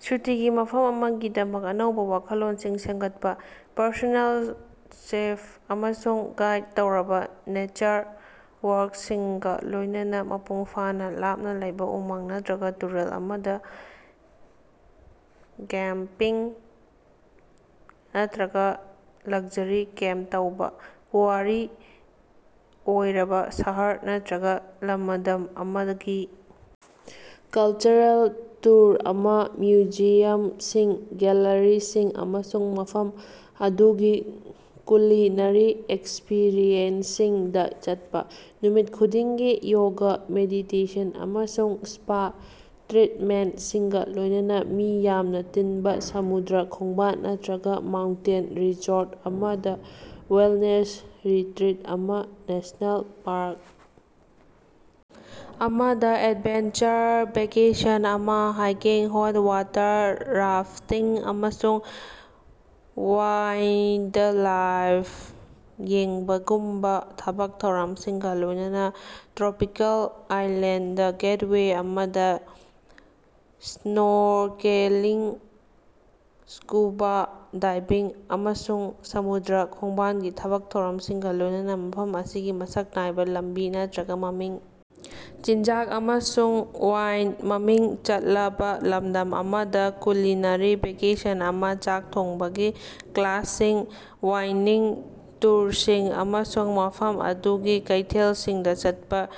ꯁꯨꯇꯤꯒꯤ ꯃꯐꯝ ꯑꯃꯒꯤꯗꯃꯛ ꯑꯅꯧꯕ ꯋꯥꯈꯜꯂꯣꯟꯁꯤꯡ ꯁꯦꯝꯒꯠꯄ ꯄꯔꯁꯣꯅꯦꯜ ꯆꯦꯐ ꯑꯃꯁꯨꯡ ꯒꯥꯏꯗ ꯇꯧꯔꯕ ꯅꯦꯆꯔ ꯋꯥꯛꯁꯤꯡꯒ ꯂꯣꯏꯅꯅ ꯃꯄꯨꯡ ꯐꯥꯅ ꯂꯥꯞꯅ ꯂꯩꯕ ꯎꯃꯪ ꯅꯠꯇ꯭ꯔꯒ ꯇꯨꯔꯦꯜ ꯑꯃꯗ "ꯒꯦꯝꯄꯤꯡ" ꯅꯠꯇ꯭ꯔꯒ ꯂꯛꯖꯔꯤ ꯀꯦꯝꯄ ꯇꯧꯕ; ꯄꯨꯋꯥꯔꯤ ꯑꯣꯏꯔꯕ ꯁꯍꯔ ꯅꯠꯇ꯭ꯔꯒ ꯂꯃꯗꯝ ꯑꯃꯒꯤ ꯀꯜꯆꯔꯦꯜ ꯇꯨꯔ ꯑꯃ: ꯃ꯭ꯌꯨꯖꯤꯌꯝꯁꯤꯡ, ꯒꯦꯜꯂꯔꯤꯁꯤꯡ ꯑꯃꯁꯨꯡ ꯃꯐꯝ ꯑꯗꯨꯒꯤ ꯀꯨꯂꯤꯅꯔꯤ ꯑꯦꯛꯁꯄꯤꯔꯤꯑꯦꯟꯁꯁꯤꯡꯗ ꯆꯠꯄ; ꯅꯨꯃꯤꯠ ꯈꯨꯗꯤꯡꯒꯤ ꯌꯣꯒ, ꯃꯦꯗꯤꯇꯦꯁꯟ ꯑꯃꯁꯨꯡ ꯁ꯭ꯄꯥ ꯇ꯭ꯔꯤꯠꯃꯦꯟꯇꯁꯤꯡꯒ ꯂꯣꯏꯅꯅ ꯃꯤ ꯌꯥꯝꯅ ꯇꯤꯟꯕ ꯁꯃꯨꯗ꯭ꯔ ꯈꯣꯡꯕꯥꯜ ꯅꯠꯇ꯭ꯔꯒ ꯃꯥꯎꯟꯇꯦꯟ ꯔꯤꯖꯣꯔꯠ ꯑꯃꯗ ꯋꯦꯜꯅꯦꯁ ꯔꯤꯇ꯭ꯔꯤꯠ ꯑꯃ ꯅꯦꯁ꯭ꯅꯦꯜ ꯄꯥꯔꯛ ꯑꯃꯗ ꯑꯦꯗꯚꯦꯟꯆꯔ ꯚꯦꯀꯦꯁꯟ ꯑꯃ; ꯍꯥꯏꯀꯤꯡ, ꯍꯣꯠ-ꯋꯥꯇꯔ ꯔꯥꯐꯇꯤꯡ ꯑꯃꯁꯨꯡ ꯋꯥꯏꯟꯗꯂꯥꯏꯐ ꯌꯦꯡꯕꯒꯨꯝꯕ ꯊꯕꯛ ꯊꯧꯔꯝꯁꯤꯡꯒ ꯂꯣꯏꯅꯅ ꯇ꯭ꯔꯣꯄꯤꯀꯦꯜ ꯑꯥꯏꯂꯦꯟꯗ ꯒꯦꯠꯋꯦ ꯑꯃꯗ ꯁ꯭ꯅꯣꯔꯀꯦꯂꯤꯡ, ꯁ꯭ꯀꯨꯕꯥ ꯗꯥꯏꯚꯤꯡ ꯑꯃꯁꯨꯡ ꯁꯃꯨꯗ꯭ꯔ ꯈꯣꯡꯕꯥꯜꯒꯤ ꯊꯕꯛ ꯊꯧꯔꯝꯁꯤꯡꯒ ꯂꯣꯏꯅꯅ ꯃꯐꯝ ꯑꯁꯤꯒꯤ ꯃꯁꯛ ꯅꯥꯏꯕ ꯂꯝꯕꯤ ꯅꯠꯇ꯭ꯔꯒ ꯃꯃꯤꯡ ꯆꯤꯟꯖꯥꯛ ꯑꯃꯁꯨꯡ ꯋꯥꯏꯟ ꯃꯃꯤꯡ ꯆꯠꯂꯕ ꯂꯝꯗꯝ ꯑꯃꯗ ꯀꯨꯂꯤꯅꯔꯤ ꯚꯦꯀꯦꯁꯟ ꯑꯃ, ꯆꯥꯛ ꯊꯣꯡꯕꯒꯤ ꯀ꯭ꯂꯥꯁꯁꯤꯡ, ꯋꯥꯏꯅꯤꯡ ꯇꯨꯔꯁꯤꯡ ꯑꯃꯁꯨꯡ ꯃꯐꯝ ꯑꯗꯨꯒꯤ ꯀꯩꯊꯦꯜꯁꯤꯡꯗ ꯆꯠꯄ;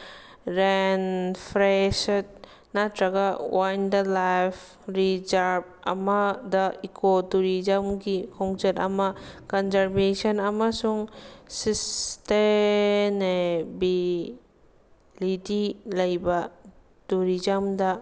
ꯔꯦꯟꯐ꯭ꯔꯦꯁꯠ ꯅꯠꯇ꯭ꯔꯒ ꯋꯥꯏꯜꯗꯂꯥꯏꯐ ꯔꯤꯖꯔꯚ ꯑꯃꯗ ꯏꯀꯣ-ꯇꯨꯔꯤꯖꯝꯒꯤ ꯈꯣꯡꯆꯠ ꯑꯃ, ꯀꯟꯖꯔꯚꯦꯁꯟ ꯑꯃꯁꯨꯡ ꯁꯤꯁꯇꯦꯅꯦꯕꯤꯂꯤꯇꯤ ꯂꯩꯕ, ꯇꯨꯔꯤꯖꯝꯗ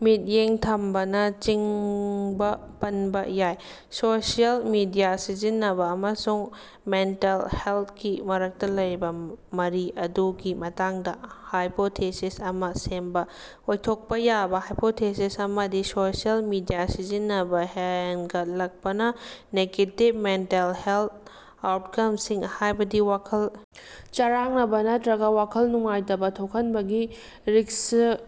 ꯃꯤꯠꯌꯦꯡ ꯊꯝꯕꯅ ꯆꯤꯡꯕ ꯄꯟꯕ ꯌꯥꯏ꯫ ꯁꯣꯁꯤꯑꯦꯜ ꯃꯤꯗꯤꯌꯥ ꯁꯤꯖꯤꯟꯅꯕ ꯑꯃꯁꯨꯡ ꯃꯦꯟꯇꯜ ꯍꯦꯜꯊꯀꯤ ꯃꯔꯛꯇ ꯂꯩꯔꯤꯕ ꯃꯔꯤ ꯑꯗꯨꯒꯤ ꯃꯇꯥꯡꯗ ꯍꯥꯏꯄꯣꯊꯦꯁꯤꯁ ꯑꯃ ꯁꯦꯝꯕ ꯑꯣꯏꯊꯣꯛꯄ ꯌꯥꯕ ꯍꯥꯏꯄꯣꯊꯦꯁꯤꯁ ꯑꯃꯗꯤ ꯁꯣꯁꯤꯑꯦꯜ ꯃꯤꯗꯤꯌꯥ ꯁꯤꯖꯤꯟꯅꯕ ꯍꯦꯟꯒꯠꯂꯛꯄꯅ ꯅꯦꯒꯦꯇꯤꯚ ꯃꯦꯟꯇꯜ ꯍꯦꯜꯊ ꯑꯥꯎꯠꯀꯝꯁꯤꯡ ꯍꯥꯏꯕꯗꯤ ꯋꯥꯈꯜ ꯆꯔꯥꯡꯅꯕ ꯅꯠꯇ꯭ꯔꯒ ꯋꯥꯈꯜ ꯅꯨꯡꯉꯥꯏꯇꯕ ꯊꯣꯛꯍꯟꯕꯒꯤ ꯔꯤꯛꯁ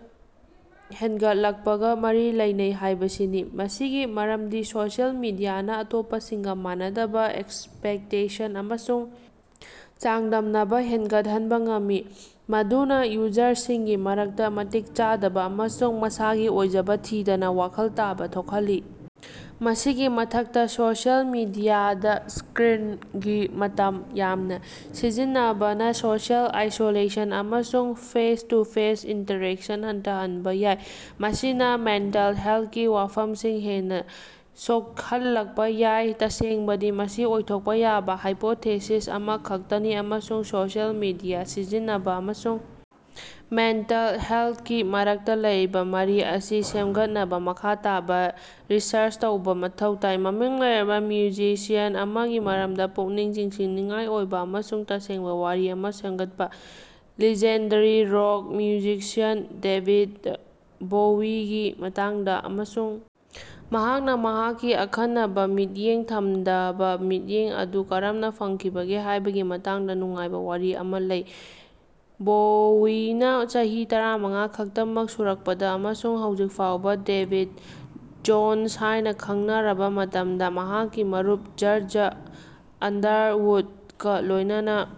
ꯍꯦꯟꯒꯠꯂꯛꯄꯒ ꯃꯔꯤ ꯂꯩꯅꯩ ꯍꯥꯏꯕꯁꯤꯅꯤ꯫ ꯃꯁꯤꯒꯤ ꯃꯔꯝꯗꯤ ꯁꯣꯁꯤꯑꯦꯜ ꯃꯤꯗꯤꯌꯥꯅ ꯑꯇꯣꯞꯄꯁꯤꯡꯒ ꯃꯥꯟꯅꯗꯕ ꯑꯦꯛꯁꯄꯦꯛꯇꯦꯁꯟ ꯑꯃꯁꯨꯡ ꯆꯥꯡꯗꯝꯅꯕ ꯍꯦꯟꯒꯠꯍꯟꯕ ꯉꯝꯃꯤ꯫ ꯃꯗꯨꯅ ꯌꯨꯖꯔꯁꯤꯡꯒꯤ ꯃꯔꯛꯇ ꯃꯇꯤꯛ ꯆꯥꯗꯕ ꯑꯃꯁꯨꯡ ꯃꯁꯥꯒꯤ ꯑꯣꯏꯖꯕ ꯊꯤꯗꯅ ꯋꯥꯈꯜ ꯇꯥꯕ ꯊꯣꯛꯍꯜꯂꯤ꯫ ꯃꯁꯤꯒꯤ ꯃꯊꯛꯇ ꯁꯣꯁꯤꯑꯦꯜ ꯃꯤꯗꯤꯌꯥꯗ ꯁ꯭ꯀꯔꯤꯟꯒꯤ ꯃꯇꯝ ꯌꯥꯝꯅ ꯁꯤꯖꯤꯟꯅꯕꯅ ꯁꯣꯁꯤꯑꯦꯜ ꯑꯥꯏꯁꯣꯂꯦꯁꯟ ꯑꯃꯁꯨꯡ ꯐꯦꯁ-ꯇꯨ-ꯐꯦꯁ ꯏꯟꯇꯔꯦꯛꯁꯟ ꯍꯟꯊꯍꯟꯕ ꯌꯥꯏ꯫ ꯃꯁꯤꯅ ꯃꯦꯟꯇꯜ ꯍꯦꯜꯊꯀꯤ ꯋꯥꯐꯝꯁꯤꯡ ꯍꯦꯟꯅ ꯁꯣꯛꯍꯜꯂꯛꯄ ꯌꯥꯏ꯫ ꯇꯁꯦꯡꯕꯗꯤ ꯃꯁꯤ ꯑꯣꯏꯊꯣꯛꯄ ꯌꯥꯕ ꯍꯥꯏꯄꯣꯊꯦꯁꯤꯁ ꯑꯃꯈꯛꯇꯅꯤ ꯑꯃꯁꯨꯡ ꯁꯣꯁꯤꯑꯦꯜ ꯃꯤꯗꯤꯌꯥ ꯁꯤꯖꯤꯟꯅꯕ ꯑꯃꯁꯨꯡ ꯃꯦꯟꯇꯜ ꯍꯦꯜꯊꯀꯤ ꯃꯔꯛꯇ ꯂꯩꯔꯤꯕ ꯃꯔꯤ ꯑꯁꯤ ꯁꯦꯝꯒꯠꯅꯕ ꯃꯈꯥ ꯇꯥꯕ ꯔꯤꯁꯔꯆ ꯇꯧꯕ ꯃꯊꯧ ꯇꯥꯏ꯫ ꯃꯃꯤꯡ ꯂꯩꯔꯕ ꯃ꯭ꯌꯨꯖꯤꯁꯤꯌꯟ ꯑꯃꯒꯤ ꯃꯔꯝꯗ ꯄꯨꯛꯅꯤꯡ ꯆꯤꯡꯁꯤꯟꯅꯤꯡꯉꯥꯏ ꯑꯣꯏꯕ ꯑꯃꯁꯨꯡ ꯇꯁꯦꯡꯕ ꯋꯥꯔꯤ ꯑꯃ ꯁꯦꯝꯒꯠꯄ ꯂꯤꯖꯦꯟꯗꯔꯤ ꯔꯣꯛ ꯃ꯭ꯌꯨꯖꯤꯁꯤꯌꯟ ꯗꯦꯕꯤꯗ ꯕꯣꯋꯤꯒꯤ ꯃꯇꯥꯡꯗ ꯑꯃꯁꯨꯡ ꯃꯍꯥꯛꯅ ꯃꯍꯥꯛꯀꯤ ꯑꯈꯟꯅꯕ ꯃꯤꯠꯌꯦꯡ ꯊꯝꯗꯕ ꯃꯤꯠꯌꯦꯡ ꯑꯗꯨ ꯀꯔꯝꯅ ꯐꯪꯈꯤꯕꯒꯦ ꯍꯥꯏꯕꯒꯤ ꯃꯇꯥꯡꯗ ꯅꯨꯡꯉꯥꯏꯕ ꯋꯥꯔꯤ ꯑꯃ ꯂꯩ꯫ ꯕꯣꯋꯤꯅ ꯆꯍꯤ ꯇꯔꯥꯃꯉꯥ ꯈꯛꯇꯃꯛ ꯁꯨꯔꯛꯄꯗ ꯑꯃꯁꯨꯡ ꯍꯧꯖꯤꯛ ꯐꯥꯎꯕ ꯗꯦꯕꯤꯗ ꯖꯣꯟꯁ ꯍꯥꯏꯅ ꯈꯪꯅꯔꯕ ꯃꯇꯝꯗ ꯃꯍꯥꯛꯀꯤ ꯃꯔꯨꯞ ꯖꯔꯖ ꯑꯟꯗꯔꯋꯨꯗꯀ ꯂꯣꯏꯅꯅ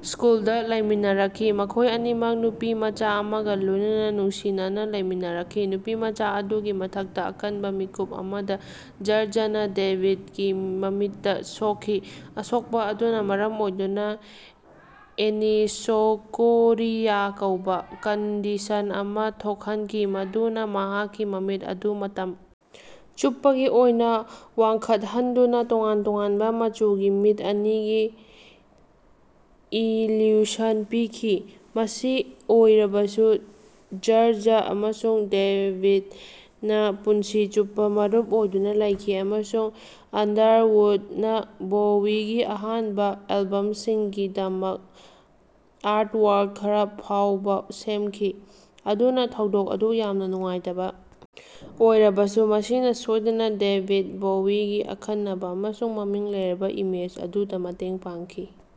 ꯁ꯭ꯀꯨꯜꯗ ꯂꯩꯃꯤꯟꯅꯔꯛꯈꯤ꯫ ꯃꯈꯣꯏ ꯑꯅꯤꯃꯛ ꯅꯨꯄꯤꯃꯆꯥ ꯑꯃꯒ ꯂꯣꯏꯅꯅ ꯅꯨꯡꯁꯤꯅꯅ ꯂꯩꯃꯤꯟꯅꯔꯛꯈꯤ꯫ ꯅꯨꯄꯤꯃꯆꯥ ꯑꯗꯨꯒꯤ ꯃꯊꯛꯇ ꯑꯀꯟꯕ ꯃꯤꯀꯨꯞ ꯑꯃꯗ ꯖꯔꯖꯅ ꯗꯦꯕꯤꯗꯀꯤ ꯃꯃꯤꯠꯇ ꯁꯣꯛꯈꯤ꯫ ꯑꯁꯣꯛꯄ ꯑꯗꯨꯅ ꯃꯔꯝ ꯑꯣꯏꯗꯨꯅ "ꯑꯦꯅꯤꯁꯣꯀꯣꯔꯤꯌꯥ" ꯀꯧꯕ ꯀꯟꯗꯤꯁꯟ ꯑꯃ ꯊꯣꯛꯍꯟꯈꯤ꯫ ꯃꯗꯨꯅ ꯃꯍꯥꯛꯀꯤ ꯃꯃꯤꯠ ꯑꯗꯨ ꯃꯇꯝ ꯆꯨꯞꯄꯒꯤ ꯑꯣꯏꯅ ꯋꯥꯡꯈꯠꯍꯟꯗꯨꯅ ꯇꯣꯉꯥꯟ-ꯇꯣꯉꯥꯟꯕ ꯃꯆꯨꯒꯤ ꯃꯤꯠ ꯑꯅꯤꯒꯤ ꯏꯂ꯭ꯌꯨꯁꯟ ꯄꯤꯈꯤ꯫ ꯃꯁꯤ ꯑꯣꯏꯔꯕꯁꯨ ꯖꯔꯖ ꯑꯃꯁꯨꯡ ꯗꯦꯕꯤꯗꯅ ꯄꯨꯟꯁꯤ ꯆꯨꯞꯄ ꯃꯔꯨꯞ ꯑꯣꯏꯗꯨꯅ ꯂꯩꯈꯤ ꯑꯃꯁꯨꯡ ꯑꯟꯗꯔꯋꯨꯗꯅ ꯕꯣꯋꯤꯒꯤ ꯑꯍꯥꯟꯕ ꯑꯦꯜꯕꯝꯁꯤꯡꯒꯤꯗꯃꯛ ꯑꯥꯔꯠꯋꯥꯔꯛ ꯈꯔ ꯐꯥꯎꯕ ꯁꯦꯝꯈꯤ꯫ ꯑꯗꯨꯅ ꯊꯧꯗꯣꯛ ꯑꯗꯨ ꯌꯥꯝꯅ ꯅꯨꯡꯉꯥꯏꯇꯕ ꯑꯣꯏꯔꯕꯁꯨ ꯃꯁꯤꯅ ꯁꯣꯏꯗꯅ ꯗꯦꯕꯤꯗ ꯕꯣꯋꯤꯒꯤ ꯑꯈꯟꯅꯕ ꯑꯃꯁꯨꯡ ꯃꯃꯤꯡ ꯂꯩꯔꯕ ꯏꯃꯦꯖ ꯑꯗꯨꯗ ꯃꯇꯦꯡ ꯄꯥꯡꯈꯤ꯫